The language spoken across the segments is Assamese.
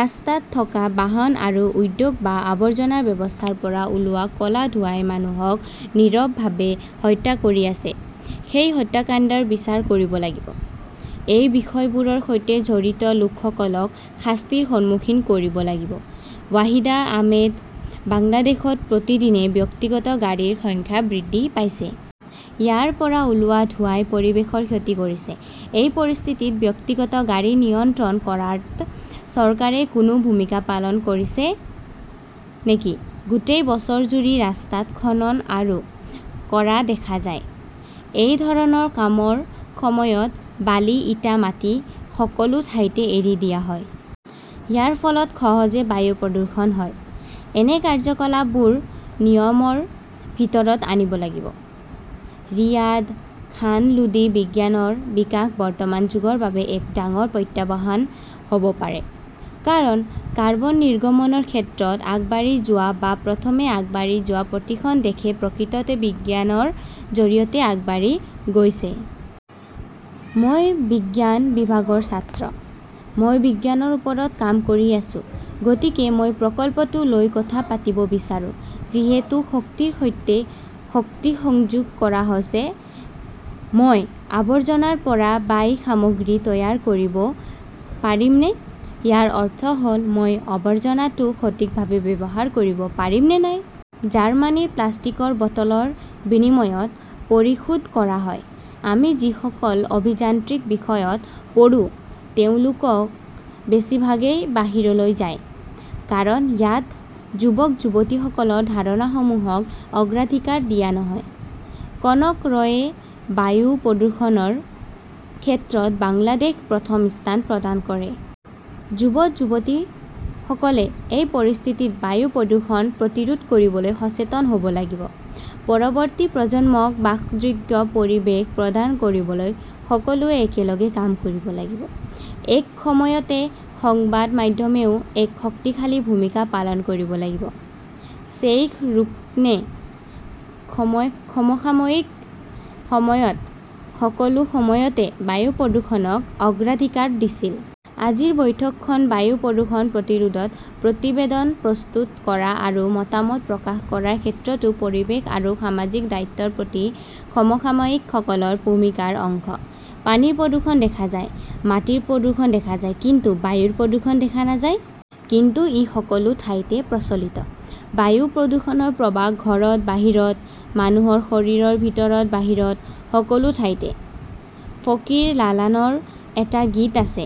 ৰাস্তাত থকা বাহন আৰু উদ্যোগ বা আৱৰ্জনা ব্যৱস্থাৰ পৰা ওলোৱা ক 'লা ধোঁৱাই মানুহক নীৰৱভাৱে হত্যা কৰি আছে। সেই হত্যাকাণ্ডৰ বিচাৰ কৰিব লাগিব। এই বিষয়বোৰৰ সৈতে জড়িত লোকসকলক শাস্তিৰ সন্মুখীন কৰিব লাগিব। ৱাহিদা আহমেদ বাংলাদেশত প্ৰতিদিনে ব্যক্তিগত গাড়ীৰ সংখ্যা বৃদ্ধি পাইছে। ইয়াৰ পৰা ওলোৱা ধোঁৱাই পৰিৱেশৰ ক্ষতি কৰিছে। এই পৰিস্থিতিত ব্যক্তিগত গাড়ী নিয়ন্ত্ৰণ কৰাত চৰকাৰে কোনো ভূমিকা পালন কৰিছে নেকি গোটেই বছৰজুৰি ৰাস্তাত খনন কৰা দেখা যায়। এই ধৰণৰ কামৰ সময়ত বালি, ইটা, মাটি সকলো ঠাইতে এৰি দিয়া হয়। ইয়াৰ ফলত সহজে বায়ু প্ৰদূষণ হয়। এনে কাৰ্যকলাপবোৰ নিয়মৰ ভিতৰত আনিব লাগিব। ৰিয়াদ খান লোদী বিজ্ঞানৰ বিকাশ বৰ্তমান যুগৰ বাবে এক ডাঙৰ প্ৰত্যাহ্বান হ 'ব পাৰে। কাৰণ, কাৰ্বন নিৰ্গমনৰ ক্ষেত্ৰত আগবাঢ়ি যোৱা বা প্ৰথমে আগবাঢ়ি যোৱা প্ৰতিখন দেশে প্ৰকৃততে বিজ্ঞানৰ জৰিয়তে আগবাঢ়ি গৈছে। মই বিজ্ঞান বিভাগৰ ছাত্ৰ। মই বিজ্ঞানৰ ওপৰত কাম কৰি আছো। গতিকে মই প্ৰকল্পটো লৈ কথা পাতিব বিচাৰো। যিহেতু শক্তিৰ সৈতে শক্তি সংযোগ কৰা হৈছে, মই আৱৰ্জনাৰ পৰা বাই সামগ্ৰী তৈয়াৰ কৰিব পাৰিমনে ইয়াৰ অৰ্থ হ’ল মই আৱৰ্জনাটো সঠিকভাৱে ব্যৱহাৰ কৰিব পাৰিম নে নাই। জাৰ্মানীত প্লাষ্টিকৰ বটলৰ বিনিময়ত পৰিশোধ কৰা হয়। আমি যিসকল অভিযান্ত্ৰিক বিষয়ত পঢ়োঁ, তেওঁলোক বেছিভাগেই বাহিৰলৈ যায়। কাৰণ, ইয়াত যুৱক-যুৱতীসকলৰ ধাৰণাসমূহক অগ্ৰাধিকাৰ দিয়া নহয়। কনক ৰয়ে বায়ু প্ৰদূষণৰ ক্ষেত্ৰত বাংলাদেশক প্ৰথম স্থান প্ৰদান কৰে। যুৱক-যুৱতীসকলে এই পৰিস্থিতিত বায়ু প্ৰদূষণ প্ৰতিৰোধ কৰিবলৈ সচেতন হ 'ব লাগিব। পৰৱৰ্তী প্ৰজন্মক বাসযোগ্য পৰিৱেশ প্ৰদান কৰিবলৈ সকলোৱে একেলগে কাম কৰিব লাগিব। একে সময়তে সংবাদ মাধ্যমেও এক শক্তিশালী ভূমিকা পালন কৰিব লাগিব। শ্বেইখ ৰোকনে সমসাময়িক সময়ত সকলো সময়তে বায়ু প্ৰদূষণক অগ্ৰাধিকাৰ দিছিল। আজিৰ বৈঠকখন বায়ু প্ৰদূষণ প্ৰতিৰোধত প্ৰতিবেদন প্ৰস্তুত কৰা আৰু মতামত প্ৰকাশ কৰাৰ ক্ষেত্ৰতো পৰিৱেশ আৰু সামাজিক দায়িত্বৰ প্ৰতি সমসাময়িকসকলৰ ভূমিকাৰ অংশ। পানীৰ প্ৰদূষণ দেখা যায়, মাটিৰ প্ৰদূষণ দেখা যায়, কিন্তু বায়ুৰ প্ৰদূষণ দেখা নাযায়। কিন্তু ই সকলো ঠাইতে প্ৰচলিত। বায়ু প্ৰদূষণৰ প্ৰভাৱ ঘৰত-বাহিৰত, মানুহৰ শৰীৰৰ ভিতৰত-বাহিৰত, সকলো ঠাইতে। ফকীৰ লালনৰ এটা গীত আছে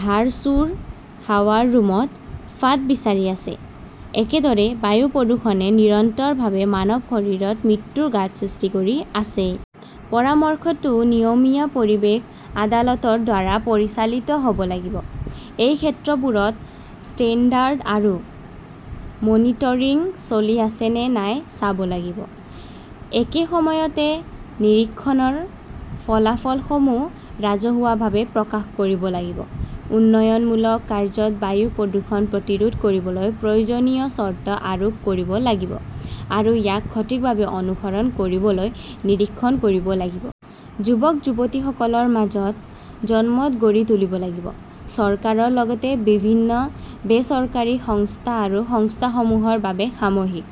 ধাৰ চোৰ হাৱাৰ ৰুমত ফাঁদ বিচাৰি আছে । একেদৰে, বায়ু প্ৰদূষণে নিৰন্তৰভাৱে মানৱ শৰীৰত মৃত্যুৰ গাঁত সৃষ্টি কৰি আছে। পৰামৰ্শটো নিয়মীয়া পৰিৱেশ আদালত ৰ দ্বাৰা পৰিচালিত হ' ব লাগিব। এই ক্ষেত্ৰবোৰত ষ্টেণ্ডাৰ্ড আৰু মনিটৰিং চলি আছে নে নাই চাব লাগিব। একে সময়তে, নিৰীক্ষণৰ ফলাফলসমূহ ৰাজহুৱাভাৱে প্ৰকাশ কৰিব লাগিব। উন্নয়নমূলক কাৰ্য্যত বায়ু প্ৰদূষণ প্ৰতিৰোধ কৰিবলৈ প্ৰয়োজনীয় চৰ্ত আৰোপ কৰিব লাগিব আৰু ইয়াক সঠিকভাৱে অনুসৰণ কৰিবলৈ নিৰীক্ষণ কৰিব লাগিব। যুৱক-যুৱতীসকলৰ মাজত জনমত গঢ়ি তুলিব লাগিব। চৰকাৰৰ লগতে বিভিন্ন বেচৰকাৰী সংস্থা আৰু সংস্থাসমূহৰ বাবে সামূহিক